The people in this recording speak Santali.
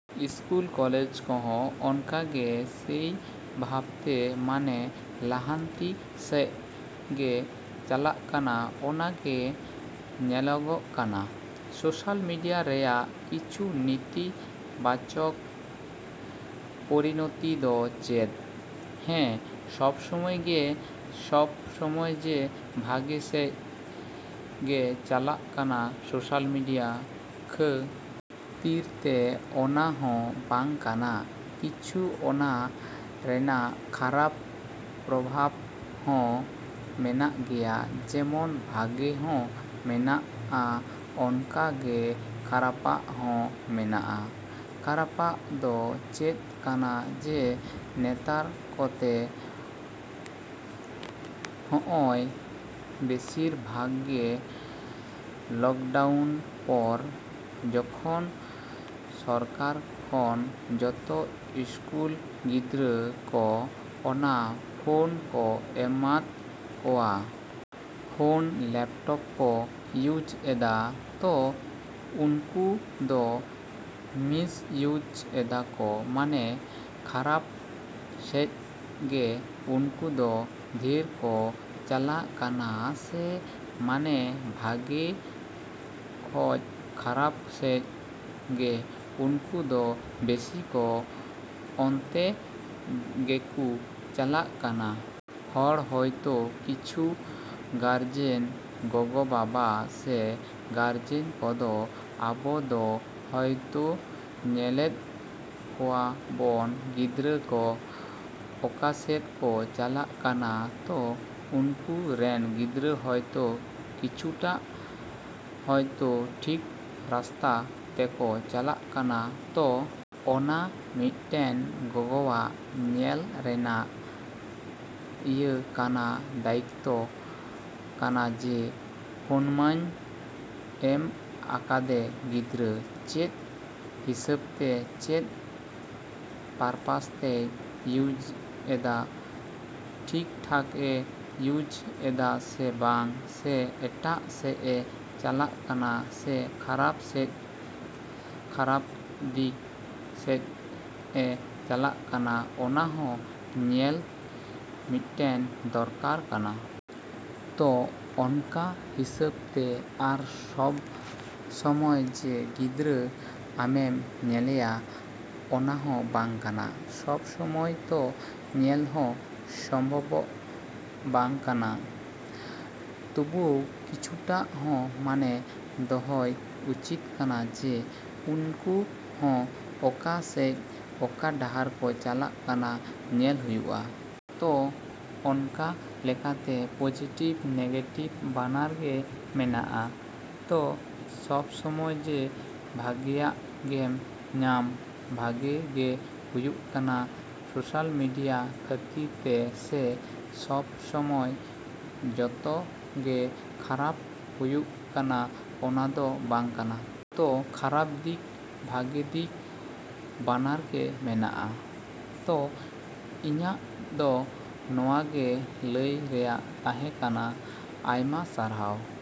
ᱤᱥᱠᱩᱞ ᱠᱚᱞᱮᱡᱽ ᱠᱚᱦᱚᱸ ᱚᱱᱠᱟᱜᱮ ᱥᱮᱭ ᱵᱷᱟᱵᱽ ᱛᱮ ᱢᱟᱱᱮ ᱞᱟᱦᱟᱱᱛᱤ ᱥᱮᱡ ᱜᱮ ᱪᱟᱞᱟᱜ ᱠᱟᱱᱟ ᱚᱱᱟ ᱜᱮ ᱧᱮᱞᱚᱜᱚᱜ ᱠᱟᱱᱟ᱾ ᱥᱳᱥᱟᱞ ᱢᱤᱰᱤᱭᱟ ᱨᱮᱭᱟᱜ ᱠᱤᱪᱷᱩ ᱱᱤᱛᱤ ᱵᱟᱪᱚᱠ ᱯᱚᱨᱤᱱᱚᱛᱤ ᱫᱚ ᱪᱮᱫ? ᱦᱮᱸ ᱥᱚᱵᱽ ᱥᱚᱢᱚᱭᱜᱮ ᱥᱚᱵᱽ ᱥᱚᱢᱚᱭ ᱡᱮ ᱵᱷᱟᱜᱮ ᱥᱮᱡ ᱜᱮ ᱪᱟᱞᱟᱜ ᱠᱟᱱᱟ ᱥᱳᱥᱟᱞ ᱢᱮᱰᱤᱭᱟ ᱠᱷᱟ. ᱛᱤᱨ ᱛᱮ ᱚᱱᱟ ᱦᱚᱸ ᱵᱟᱝ ᱠᱟᱱᱟ᱾ ᱠᱤᱪᱷᱩ ᱚᱱᱟ ᱨᱮᱱᱟᱜ ᱠᱷᱟᱨᱟᱯ ᱯᱚᱨᱵᱷᱟᱵᱽ ᱦᱚᱸ ᱢᱮᱱᱟᱜ ᱜᱮᱭᱟ ᱡᱮᱢᱚᱱ ᱵᱷᱟᱜᱮ ᱦᱚᱸ ᱢᱮᱱᱟᱜᱼᱟ ᱚᱱᱠᱟ ᱜᱮ ᱠᱷᱟᱨᱟᱯᱟᱜ ᱦᱚᱸ ᱢᱮᱱᱟᱜᱼᱟ᱾ ᱠᱷᱟᱨᱟᱯᱟᱜ ᱫᱚ ᱪᱮᱫ ᱠᱟᱱᱟ ᱡᱮ ᱱᱮᱛᱟᱨ ᱠᱚᱛᱮ ᱦᱚᱜᱼᱚᱭ ᱵᱤᱥᱤᱨ ᱵᱷᱟᱜᱽ ᱜᱮ ᱞᱚᱠᱰᱟᱣᱩᱱ ᱯᱚᱨ ᱡᱚᱠᱷᱚᱱ ᱥᱚᱨᱠᱟᱨ ᱠᱷᱚᱱ ᱡᱚᱛᱚ ᱤᱥᱠᱩᱞ ᱜᱤᱫᱽᱨᱟᱹ ᱠᱚ ᱚᱱᱟ ᱯᱷᱳᱱ ᱠᱚ ᱮᱢᱟᱫ ᱠᱚᱣᱟ ᱾ ᱯᱷᱳᱱ ᱞᱮᱯᱴᱳᱯ ᱠᱚ ᱤᱭᱩᱡᱽ ᱮᱫᱟ ᱛᱚ ᱩᱱᱠᱩ ᱫᱚ ᱢᱤᱥ ᱤᱭᱩᱡᱽ ᱮᱫᱟ ᱠᱚ ᱢᱟᱱᱮ ᱠᱷᱟᱨᱟᱯ ᱥᱮᱡ ᱜᱮ ᱩᱱᱠᱩ ᱫᱚ ᱰᱷᱮᱨ ᱠᱚ ᱪᱟᱞᱟᱜ ᱠᱟᱱᱟ ᱥᱮ ᱢᱟᱱᱮ ᱵᱷᱟᱜᱮ ᱠᱷᱚᱡ ᱠᱷᱟᱨᱟᱯ ᱥᱮᱡ ᱜᱮ ᱩᱱᱠᱩ ᱫᱚ ᱵᱮᱥᱤ ᱠᱚ ᱚᱱᱛᱮ ᱜᱤᱠᱩ ᱪᱟᱞᱟᱜ ᱠᱟᱱᱟ᱾ ᱦᱚᱲ ᱦᱳᱭᱛᱳ ᱠᱤᱪᱷᱩ ᱜᱟᱨᱡᱮᱱ ᱜᱚᱜᱚ-ᱵᱟᱵᱟ ᱥᱮ ᱜᱟᱨᱡᱮᱱ ᱠᱚᱫᱚ ᱟᱵᱚ ᱫᱚ ᱦᱳᱭᱛᱳ ᱧᱮᱞᱮᱫ ᱠᱚᱣᱟ ᱵᱚᱱ ᱜᱤᱫᱽᱨᱟᱹ ᱠᱚ ᱚᱠᱟᱥᱮᱫ ᱠᱚ ᱪᱟᱞᱟᱜ ᱠᱟᱱᱟ ᱛᱚ ᱩᱱᱠᱩ ᱨᱮᱱ ᱜᱤᱫᱽᱨᱟᱹ ᱦᱳᱭᱛᱳ ᱠᱤᱪᱷᱩᱴᱟ ᱦᱳᱭᱛᱳ ᱴᱷᱤᱠ ᱨᱟᱥᱛᱟ ᱛᱮᱠᱚ ᱪᱟᱞᱟᱜ ᱠᱟᱱᱟ᱾ ᱛᱚ ᱚᱱᱟ ᱢᱤᱫᱴᱮᱱ ᱜᱚᱜᱚᱣᱟᱜ ᱧᱮᱞ ᱨᱮᱱᱟᱜ ᱤᱭᱟᱹ ᱠᱟᱱᱟ ᱫᱟᱭᱤᱛᱚ ᱠᱟᱱᱟ ᱡᱮ ᱯᱷᱳᱱᱢᱟᱹᱧ ᱮᱢ ᱟᱠᱟᱫᱮ ᱜᱤᱫᱽᱨᱟᱹ ᱪᱮᱫ ᱦᱤᱥᱟᱹᱵᱽᱛᱮ ᱪᱮᱫ ᱯᱟᱨᱯᱟᱥ ᱛᱮᱭ ᱤᱭᱩᱡᱽ ᱮᱫᱟ ᱴᱷᱤᱠ ᱴᱷᱟᱠᱮ ᱤᱭᱩᱡᱽ ᱮᱫᱟ ᱥᱮ ᱵᱟᱝ ᱥᱮ ᱮᱴᱟᱜ ᱥᱮᱫ ᱮ ᱪᱟᱞᱟᱜ ᱠᱟᱱᱟ ᱥᱮ ᱠᱷᱟᱨᱟᱯ ᱥᱮᱫ ᱠᱷᱟᱨᱟᱯ ᱫᱤᱠ ᱥᱮᱡ ᱮ ᱪᱟᱞᱟᱜ ᱠᱟᱱᱟ ᱚᱱᱟ ᱦᱚᱸ ᱧᱮᱞ ᱢᱤᱫᱴᱮᱱ ᱫᱚᱨᱠᱟᱨ ᱠᱟᱱᱟ᱾ ᱛᱚ ᱚᱱᱠᱟ ᱦᱤᱥᱟᱹᱵᱽ ᱛᱮ ᱟᱨ ᱥᱚᱵᱽ ᱥᱚᱢᱚᱭ ᱡᱮ ᱜᱤᱫᱽᱨᱟᱹ ᱟᱢᱮᱢ ᱧᱮᱞᱮᱭᱟ ᱚᱱᱟ ᱦᱚᱸ ᱵᱟᱝ ᱠᱟᱱᱟ ᱥᱚᱵᱽ ᱥᱚᱢᱚᱭ ᱛᱚ ᱧᱮᱞ ᱦᱚᱸ ᱥᱚᱢᱵᱷᱚᱵᱽ ᱵᱟᱝ ᱠᱟᱱᱟ ᱛᱚᱵᱩᱣᱳ ᱠᱤᱪᱷᱩᱴᱟ ᱦᱚᱸ ᱢᱟᱱᱮ ᱫᱚᱦᱚᱭ ᱩᱪᱤᱛ ᱠᱟᱱᱟ ᱡᱮ ᱩᱱᱠᱩ ᱦᱚᱸ ᱚᱠᱟ ᱥᱮᱡ ᱚᱠᱟ ᱰᱟᱦᱟᱨ ᱠᱚ ᱪᱟᱞᱟᱜ ᱠᱟᱱᱟ ᱧᱮᱞ ᱦᱩᱭᱩᱜᱼᱟ᱾ ᱛᱚ ᱚᱱᱠᱟ ᱞᱮᱠᱟᱛᱮ ᱯᱳᱡᱮᱴᱤᱵᱽ ᱱᱮᱜᱮᱴᱤᱵ ᱵᱟᱱᱟᱨ ᱜᱮ ᱢᱮᱱᱟᱜᱼᱟ᱾ ᱛᱚ ᱥᱚᱵᱽ ᱥᱚᱢᱚᱭ ᱡᱮ ᱵᱷᱟᱜᱮᱭᱟᱜ ᱜᱮᱢ ᱧᱟᱢ᱾ ᱵᱷᱟᱜᱮ ᱜᱮ ᱦᱩᱭᱩᱜ ᱠᱟᱱᱟ ᱥᱳᱥᱟᱞ ᱢᱮᱰᱤᱭᱟ ᱠᱷᱟᱹᱛᱤᱨ ᱛᱮ ᱥᱮ ᱥᱚᱵᱽ ᱥᱚᱢᱚᱭ ᱡᱚᱛᱚ ᱜᱮ ᱠᱷᱟᱨᱟᱯ ᱦᱩᱭᱩᱜ ᱠᱟᱱᱟ ᱚᱱᱟ ᱫᱚ ᱵᱟᱝ ᱠᱟᱱᱟ᱾ ᱛᱚ ᱠᱷᱟᱨᱟᱯ ᱫᱤᱠ ᱵᱷᱟᱜᱮ ᱫᱤᱠ ᱵᱟᱱᱟᱨ ᱜᱮ ᱢᱮᱱᱟᱜᱼᱟ᱾ ᱛᱚ ᱤᱧᱟ. ᱜ ᱫᱚ ᱱᱚᱣᱟ ᱜᱮ ᱞᱟᱹᱭ ᱨᱮᱱᱟᱜ ᱛᱟᱦᱮᱸ ᱠᱟᱱᱟ᱾ ᱟᱭᱢᱟ ᱥᱟᱨᱦᱟᱣ।